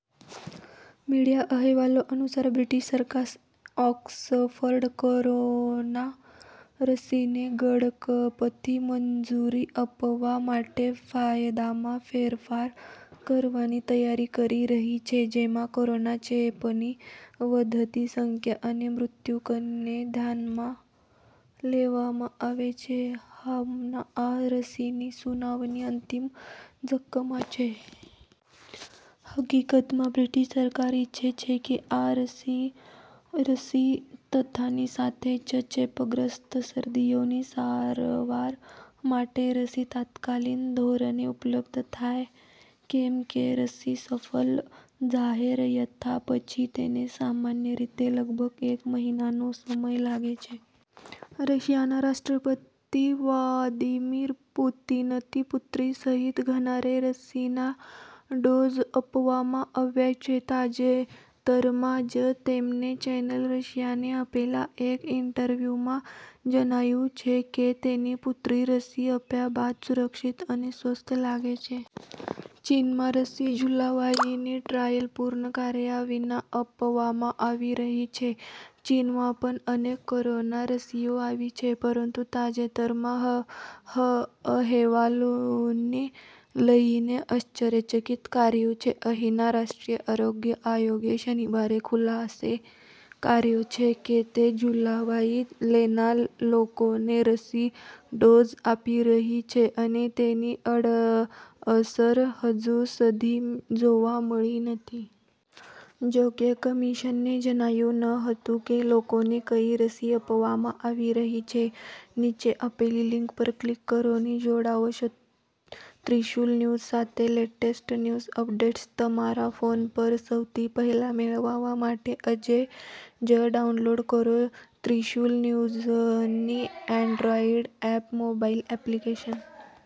Media અહેવાલો અનુસાર, British સરકાર ઓરોફર્ડ કોરોના રસીને ઝડપથી મંજૂરી આપવા માટે કાયદામાં ફેરફાર કરવાની તૈયારી કરી રહી છે, જેમાં કોરોના ચેપની વધતી સંખ્યા અને મૃત્યુઆંકને ધ્યાનમાં લેવામાં આવે છે. હાલમાં, આ રસીની સુનાવણી અંતિમ તબક્કામાં છે. હકીકતમાં, બ્રિટિશ સરકાર ઇચ્છે છે કે આ રસી રસી થતાંની સાથે જ ચેપગ્રસ્ત દર્દીઓની સારવાર માટે રસી તાત્કાલિક ધોરણે ઉપલબ્ધ થાય, કેમ કે રસી સફળ જાહેર થયા પછી તેને સામાન્ય રીતે લગભગ એક મહિનાનો સમય લાગે છે.. રશિયાના રાષ્ટ્રપતિ વ્લાદિમીર પુટિનની પુત્રી સહિત ઘણાને રસીના ડોઝ આપવામાં આવ્યા છે. તાજેતરમાં જ તેણે ચેનલ રોસિયા ને આપેલા એક ઇન્ટરવ્યુમાં જણાવ્યું છે કે તેની પુત્રી રસી અપાવ્યા બાદ સુરક્ષિત અને સ્વસ્થ લાગે છે. ચીનમાં, રસી જુલાઈથી જ ટ્રાયલ પૂર્ણ કર્યા વિના આપવામાં આવી રહી છે. ચીનમાં પણ અનેક કોરોના રસીઓ ચાલુ છે, પરંતુ તાજેતરના અહેવાલમાં બધાને આશ્ચર્યચકિત કર્યા છે. અહીંના રાષ્ટ્રીય આરોગ્ય આયોગે શનિવારે ખુલાસો કર્યો છે કે તે જુલાઈથી તેના લોકોને રસી ડોઝ આપી રહ્યો છે અને તેની આડઅસર હજુ સુધી જોવા મળી નથી. જોકે, કમિશને જણાવ્યું ન હતું કે લોકોને કઈ રસી આપવામાં આવી રહી છે. નીચે આપેલી લીંક પર ક્લિક કરીને જોડાઓ ત્રિશુલ ન્યૂઝ સાથે. લેટેસ્ટ ન્યૂઝ અપડેટ્સ તમારા ફોન પર સૌથી પહેલા મેળવવા માટે આજે જ ડાઉનલોડ કરો ત્રિશુલ ન્યુઝની એન્ડ્રોઇડ એપ મોબાઇલ એપ્લિકેશન.